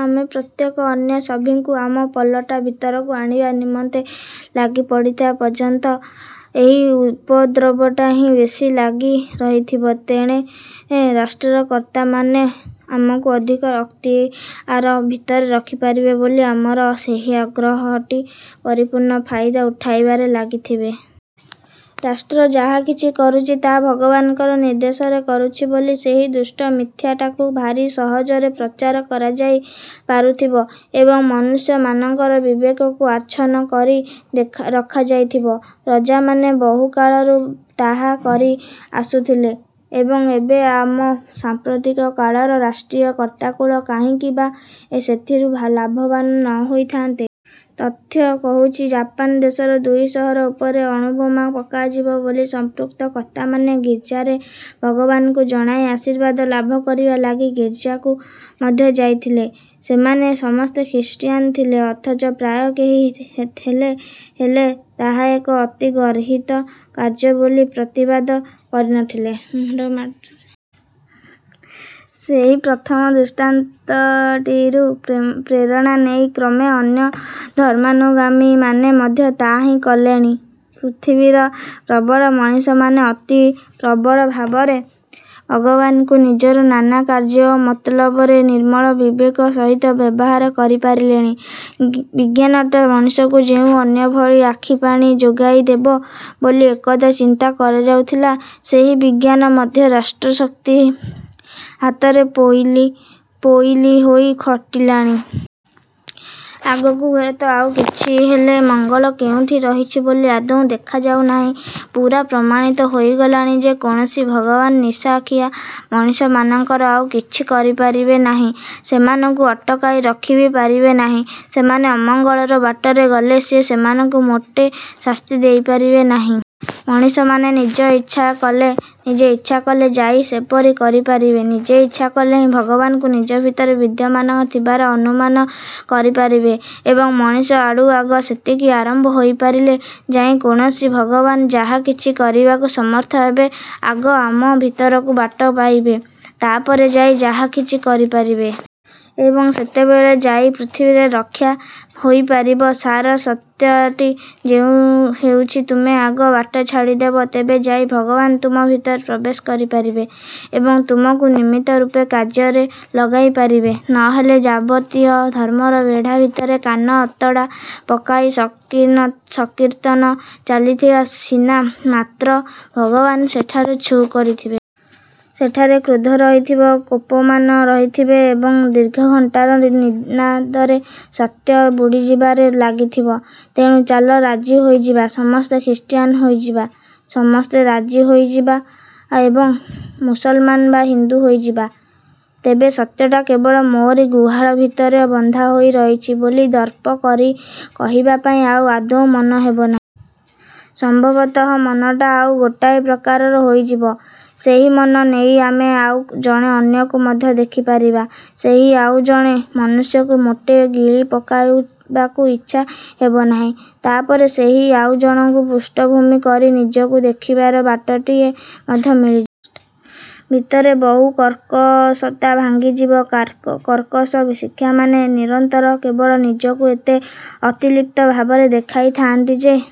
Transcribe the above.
ଆମେ ପ୍ରତ୍ୟେକେ ଅନ୍ୟ ସଭିଙ୍କୁ ଆମ ପଲଟା ଭିତରକୁ ଆଣିବା ନିମନ୍ତେ ଲାଗି ପଡ଼ିଥିବା ପର୍ଯ୍ୟନ୍ତ ଏହି ଉପଦ୍ରବଟା ହିଁ ବେଶୀ ଲାଗି ରହିଥିବ। ତେଣେ ରାଷ୍ଟ୍ରର କର୍ତ୍ତାମାନେ ଆମକୁ ଅଧିକ ଅକ୍ତିଆର ଭିତରେ ରଖିପାରିବେ ବୋଲି ଆମର ସେହି ଆଗ୍ରହଟି ପରିପୂର୍ଣ୍ଣ ଫାଇଦା ଉଠାଇବାରେ ଲାଗିଥିବେ। ରାଷ୍ଟ୍ର. ଯାହାକିଛି କରୁଛି ତାହା ଭଗବାନଙ୍କର ନିର୍ଦ୍ଦେଶରେ କରୁଛି ବୋଲି ସେହି ଦୁଷ୍ଟ ମିଥ୍ୟଟାକୁ ଭାରି ସହଜରେ ପ୍ରଚାର କରାଯାଇ ପାରୁଥିବ ଏବଂ ମନୁଷ୍ୟମାନଙ୍କର ବିବେକକୁ ଆଛନ୍ନ କରି ରଖାଯାଇଥିବ। ରଜାମାନେ ବହୁକାଳରୁ ତାହା କରି ଆସୁଥିଲେ ଏବଂ ଏବେ ଆମ ସାମ୍ପ୍ରତିକ କାଳର ରାଷ୍ଟ୍ରୀୟ କର୍ତ୍ତାକୁଳ କାହିଁକି ବା ସେଥିରୁ ଲାଭବାନ ନ ହୋଇଥାନ୍ତେ? ତଥ୍ୟ କହୁଛି ଜାପାନ ଦେଶର ଦୁଇ ସହର ଉପରେ ଅଣୁବୋମା ପକାଯିବ ବୋଲି ସମ୍ପୃକ୍ତ କର୍ତ୍ତାମାନେ ଗୀର୍ଜାରେ ଭଗବାନଙ୍କୁ ଜଣାଇ ଆଶୀର୍ବାଦ ଲାଭ କରିବା ଲାଗି ଗୀର୍ଜାକୁ ମଧ୍ୟ ଯାଇଥିଲେ। ସେମାନେ ସମସ୍ତେ ଖ୍ରୀଷ୍ଟିଆନ ଥିଲେ ଅଥଚ ପ୍ରାୟ କେହି ହେଲେ ହେଲେ ତାହା ଏକ ଅତି ଗର୍ହିତ କାର୍ଯ୍ୟ ବୋଲି ପ୍ରତିବାଦ କରିନଥିଲେ। ସେହି ପ୍ରଥମ ଦୃଷ୍ଟାନ୍ତଟିରୁ ପ୍ରେରଣା ନେଇ କ୍ରମେ ଅନ୍ୟ ଧର୍ମାନୁଗାମୀମାନେ ମଧ୍ୟ ତାହା ହିଁ କଲେଣି। ପୃଥିବୀର ପ୍ରବଳ ମଣିଷମାନେ ଅତି ପ୍ରବଳ ଭାବରେ ଭଗବାନଙ୍କୁ ନିଜର ନାନା କାର୍ଯ୍ୟ ଓ ମତଲବରେ ନିର୍ମଳ ବିବେକ ସହିତ ବ୍ୟବହାର କରିପାରିଲେଣି। ବିଜ୍ଞାନଟା ମଣିଷକୁ ଯେଉଁ ଅନ୍ୟଭଳି ଆଖି ଆଣି ଯୋଗାଇଦେବ ବୋଲି ଏକଦା ଚିନ୍ତା କରାଯାଉଥିଲା, ସେହି ବିଜ୍ଞାନ ମଧ୍ୟ ରାଷ୍ଟ୍ରଶକ୍ତି ହାତରେ ପୋଇଲୀ ପୋଇଲି ହୋଇ ଖଟିଲାଣି। ଆଗକୁ ହୁଏତ ଆଉ କିଛିହେଲେ ମଙ୍ଗଳ କେଉଁଠି ରହିଛି ବୋଲି ଆଦୌ ଦେଖାଯାଉ ନାହିଁ। ପୂରା ପ୍ରମାଣିତ ହୋଇଗଲାଣି ଯେ କୌଣସି ଭଗବାନ ନିଶାଖିଆ ମଣିଷମାନଙ୍କର ଆଉ କିଛି କରିପାରିବେ ନାହିଁ । ସେମାନଙ୍କୁ ଅଟକାଇ ରଖି ବି ପାରିବେ ନାହିଁ। ସେମାନେ ଅମଙ୍ଗଳର ବାଟରେ ଗଲେ ସିଏ ସେମାନଙ୍କୁ ମୋଟେ ଶାସ୍ତି ଦେଇପାରିବେ ନାହିଁ। ମଣିଷମାନେ ନିଜେ ଇଚ୍ଛା କଲେ ଯାଇ ସେପରି କରିପାରିବେ। ନିଜେ ଇଚ୍ଛା କଲେ ହିଁ ଭଗବାନଙ୍କୁ ନିଜ ଭିତରେ ବିଦ୍ୟମାନ ଥିବାର ଅନୁମାନ କରିପାରିବେ ଏବଂ ମଣିଷ ଆଡୁ ଆଗ ସେତିକି ଆରମ୍ଭ ହୋଇପାରିଲେ ଯାଇ କୌଣସି ଭଗବାନ ଯାହାକିଛି କରିବାକୁ ସମର୍ଥ ହେବେ। ଆଗ ଆମ ଭିତରକୁ ବାଟ ପାଇବେ, ତାପରେ ଯାଇ ଯାହାକିଛି କରିପାରିବେ। ଏବଂ ସେତେବେଳେ ଯାଇ ପୃଥିବୀର ରକ୍ଷା ହୋଇପାରିବ। ସାର ସତ୍ୟଟି ହେଉଛି ତୁମେ ଆଗ ବାଟ ଛାଡ଼ିଦେବ ତେବେ ଯାଇ ଭଗବାନ ତୁମ ଭିତରେ ପ୍ରବେଶ କରିପାରିବେ ଏବଂ ତୁମକୁ ନିମିତ୍ତ ରୂପେ କାର୍ଯ୍ୟରେ ଲଗାଇ ପାରିବେ। ନହେଲେ ଯାବତୀୟ ଧର୍ମର ବେଢ଼ା ଭିତରେ କାନ ଅତଡ଼ା ପକାଇ ସଂକୀର୍ତ୍ତନ ଚାଲିଥିବ ସିନା ମାତ୍ର ଭଗବାନ ସେଠାରୁ ଛୁ କରିଥିବେ। ସେଠାରେ କ୍ରୋଧ ରହିଥିବ, କୋପନମାନେ ରହିଥିବେ ଏବଂ ଦୀର୍ଘ ଘଣ୍ଟାର ନିନାଦରେ ସତ୍ୟ ବୁଡ଼ିଯିବାରେ ଲାଗିଥିବ। ତେଣୁ ଚାଲ ରାଜି ହୋଇଯିବା, ସମସ୍ତେ ଖ୍ରୀଷ୍ଟିଆନ ହୋଇଯିବା। ସମସ୍ତେ ରାଜି ହୋଇଯିବା ଓ ମୁସଲମାନ ବା ହିନ୍ଦୁ ହୋଇଯିବା। ତେବେ ସତ୍ୟଟା କେବଳ ମୋରି ଗୁହାଳ ଭିତରେ ବନ୍ଧା ହୋଇ ରହିଛି ବୋଲି ଦର୍ପ କରି କହିବା ପାଇଁ ଆଉ ଆଦୌ ମନ ହେବନାହିଁ। ସମ୍ଭବତଃ ମନଟା ଆଉ ଗୋଟାଏ ପ୍ରକାରର ହୋଇଯିବ। ସେହି ମନ ନେଇ ଆମେ ଆଉ ଜଣେ ଅନ୍ୟକୁ ମଧ୍ୟ ଦେଖିପାରିବା। ସେହି ଆଉଜଣେ ମନୁଷ୍ୟକୁ ମୋଟେ ଗିଳି ପକାଇବାକୁ ଇଚ୍ଛା ହେବନାହିଁ। ତାପରେ ସେହି ଆଉଜଣକୁ ପୃଷ୍ଠଭୂମି କରି ନିଜକୁ ଦେଖିବାର ବାଟଟିଏ ମଧ୍ୟ ମିଳି। ଭିତରେ ବହୁ କର୍କଶତା ଭାଙ୍ଗିଯିବ। କର୍କଶ ଶିକ୍ଷକମାନେ ନିରନ୍ତର କେବଳ ନିଜକୁ ଏତେ ଅତିଲିପ୍ତ ଭାବରେ ଦେଖାଇଥାନ୍ତି ଯେ।